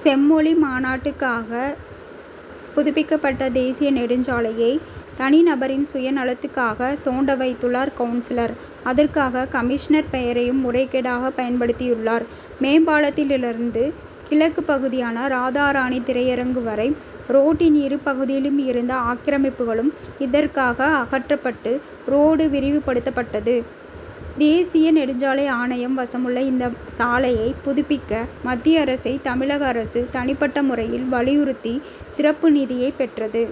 செம்மொழி மாநாட்டுக்காக புதுப்பிக்கப்பட்ட தேசிய நெடுஞ்சாலையை தனிநபரின் சுய நலத்துக்காகத் தோண்ட வைத்துள்ளார் கவுன்சிலர் அதற்காக கமிஷனர் பெயரையும் முறைகேடாக பயன்படுத்தியுள்ளார். மேம்பாலத்திலிருந்து கிழக்கு பகுதியான ராதாராணி திரையரங்கு வரை ரோட்டின் இரு பகுதியிலும் இருந்த ஆக்கிரமிப்புகளும் இதற்காக அகற்றப்பட்டு, ரோடு விரிவுபடுத்தப்பட்டது. தேசிய நெடுஞ்சாலை ஆணையம் வசமுள்ள இந்த சாலையைப் புதுப்பிக்க, மத்திய அரசை தமிழக அரசு தனிப்பட்ட முறையில் வலியுறுத்தி சிறப்பு நிதியைப்பெற்றது.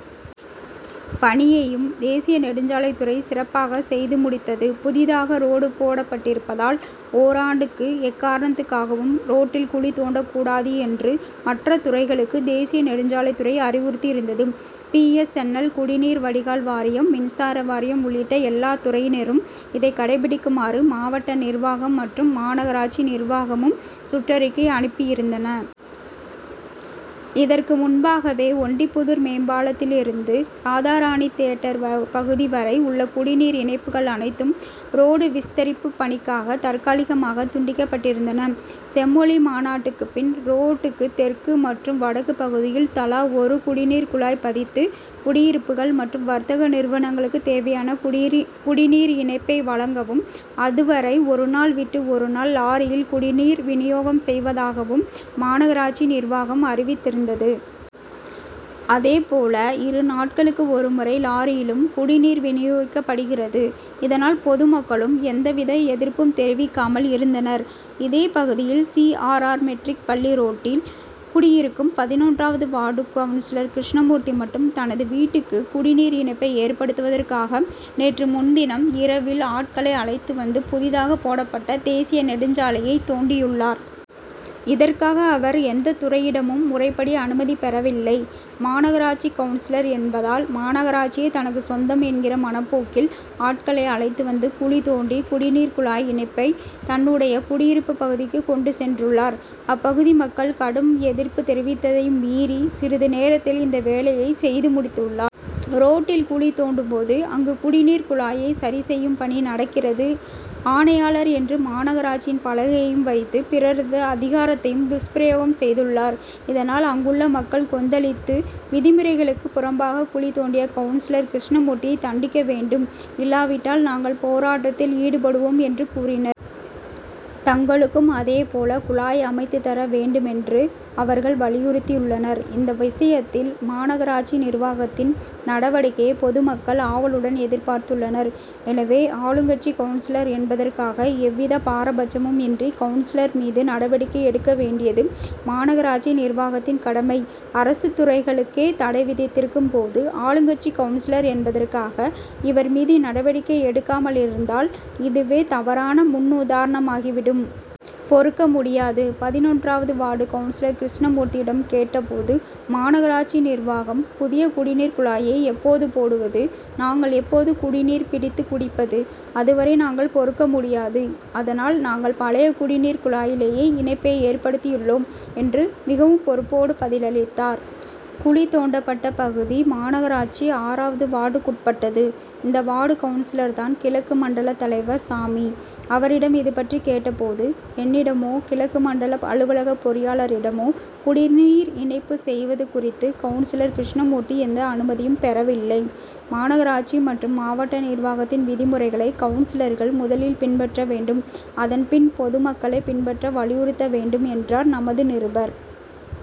பணியையும் தேசிய நெடுஞ்சாலைத்துறை சிறப்பாக செய்து முடித்தது. புதிதாக ரோடு போடப்பட்டிருப்பதால், ஓராண்டுக்கு எக்காரணத்துக்காகவும் ரோட்டில் குழி தோண்டக்கூடாது என்று மற்ற துறைகளுக்கு தேசிய நெடுஞ்சாலைத்துறை அறிவுறுத்தியிருந்ததும். பி. எஸ். என். எல்., குடிநீர் வடிகால் வாரியம், மின்சார வாரியம் உள்ளிட்ட எல்லாத்துறையினரும் இதை கடைபிடிக்குமாறு, மாவட்ட நிர்வாகம் மற்றும் மாநகராட்சி நிர்வாகமும் சுற்றறிக்கை அனுப்பியிருந்தன. இதற்கு முன்பாகவே, ஒண்டிப்புதூர் மேம்பாலத்திலிருந்து ராதாராணி தியேட்டர் பகுதி வரை உள்ள குடிநீர் இணைப்புகள் அனைத்தும் ரோடு விஸ்தரிப்புப் பணிக்காக தற்காலிகமாக துண்டிக்கப்பட்டிருந்தன. செம்மொழி மாநாட்டுக்குப் பின், ரோட்டுக்கு தெற்கு மற்றும் வடக்கு பகுதியில் தலா ஒரு குடிநீர் குழாய் பதித்து குடியிருப்புகள் மற்றும் வர்த்தக நிறுவனங்களுக்கு தேவையான குடிநீர் இணைப்பை வழங்கவும், அதுவரை ஒரு நாள் விட்டு ஒரு நாள் லாரியில் குடிநீர் வினியோகம் செய்வதாகவும் மாநகராட்சி நிர்வாகம் அறிவித்திருந்தது. அதேபோல, இரு நாட்களுக்கு ஒரு முறை லாரியிலும் குடிநீர் வினியோகிக்கப்படுகிறது. இதனால், பொதுமக்களும் எந்தவித எதிர்ப்பும் தெரிவிக்காமல் இருந்தனர். இதே பகுதியில், சி. ஆர். ஆர்.,மெட்ரிக் பள்ளி ரோட் டில் குடியிருக்கும் பதினொன்றாவது வார்டு கவுன்சிலர் கிருஷ்ணமூர்த்தி மட்டும், தனது வீட்டுக்கு குடிநீர் இணைப்பை ஏற்படுத்துவதற்காக, நேற்று முன் தினம் இரவில் ஆட்களை அழைத்து வந்து, புதிதாக போடப்பட்ட தேசிய நெடுஞ்சாலையைத் தோண் டியுள்ளார். இதற்காக, அவர் எந்தத் துறையிடமும் முறைப்படி அனுமதி பெறவில்லை. மாநகராட்சி கவுன்சிலர் என்பதால், மாநகராட்சியே தனக்குச் சொந்தம் என்கிற மனப்போக்கில், ஆட்களை அழைத்து வந்து, குழி தோண்டி, குடிநீர் குழாய் இணைப்பை தன்னுடைய குடியிருப்புப் பகுதிக்கு கொண்டு சென்றுள்ளார். அப்பகுதி மக்கள் கடும் எதிர்ப்பு தெரிவித்ததையும் மீறி, சிறிது நேரத்தில் இந்த வேலையைச் செய்து முடித் துள்ளார். ரோட்டில் குழி தோண்டும் போது, அங்கு "குடிநீர் குழாயை சரி செய்யும் பணி நடக்கிறது, ஆணையாளர்' என்று மாநகராட்சியின் பலகையையும் வைத்து, பிறரது அதிகாரத்தையும் துஷ்பிரயோகம் செய்துள்ளார். இதனால், அங்குள்ள மக்கள் கொந்தளித்து, "விதிமுறைகளுக்கு புறம்பாக குழி தோண்டிய கவுன்சிலர் கிருஷ்ணமூர்த்தியை தண்டிக்க வேண்டும்; இல்லாவிட்டால் நாங்கள் போராட்டத்தில் ஈடுபடுவோம்' என்று கூறினர். தங்களுக்கும் அதே போல குழாய் அமைத்துத்தர வேண்டுமென்று அவர்கள் வலியுறுத்தியுள்ளனர். இந்த விஷயத்தில், மாநகராட்சி நிர்வாகத்தின் நடவடிக்கையை பொது மக்கள் ஆவலுடன் எதிர்பார்த்துள்ளனர். எனவே, ஆளுங்கட்சி கவுன்சிலர் என்பதற்காக எவ்வித பாரபட்சமும் இன்றி கவுன்சிலர் மீது நடவடிக்கை எடுக்க வேண்டியது, மாநகராட்சி நிர்வாகத்தின் கடமை. அரசுத் துறைகளுக்கே தடை விதித்திருக்கும் போது, ஆளுங்கட்சி கவுன் சிலர் என்பதற்காக இவர் மீது நடவடிக்கை எடுக்காமலிருந்தால், இதுவே தவறான முன்னுதாரணமாகி விடும். பொறுக்க முடியாது பதினொன்றாவது வார்டு கவுன்சிலர் கிருஷ்ணமூர்த்தியிடம் கேட்டபோது, மாநகராட்சி நிர்வாகம் புதிய குடிநீர் குழாயை எப்போது போடுவது, நாங்கள் எப்போது குடிநீர் பிடித்து குடிப்பது? அதுவரை நாங்கள் பொறுக்கமுடியாது. அதனால், நாங்கள் பழைய குடிநீர் குழாயிலேயே, இணைப்பை ஏற்படுத்தியுள்ளோம்,'' என்று மிகவும் "பொறுப்போடு' பதிலளித்தார். குழி தோண்டப்பட்ட பகுதி, மாநகராட்சி ஆறாவது வார்டுக்குட்பட்டது. இந்த வார்டு கவுன்சிலர்தான், கிழக்கு மண்டலத் தலைவர் சாமி. அவரிடம் இதுபற்றி கேட்டபோது, ""என்னிடமோ, கிழக்கு மண்டல அலுவலக பொறியாளரிடமோ குடிநீர் இணைப்பு செய்வது குறித்து கவுன்சிலர் கிருஷ்ணமூர்த்தி எந்த அனுமதியும் பெறவில்லை. மாநகராட்சி மற்றும் மாவட்ட நிர்வாகத்தின் விதிமுறைகளை கவுன்சிலர்கள் முதலில் பின்பற்ற வேண்டும். அதன் பின் பொதுமக்களை பின்பற்ற வலியுறுத்த வேண்டும்,'' என்றார். நமது நிருபர்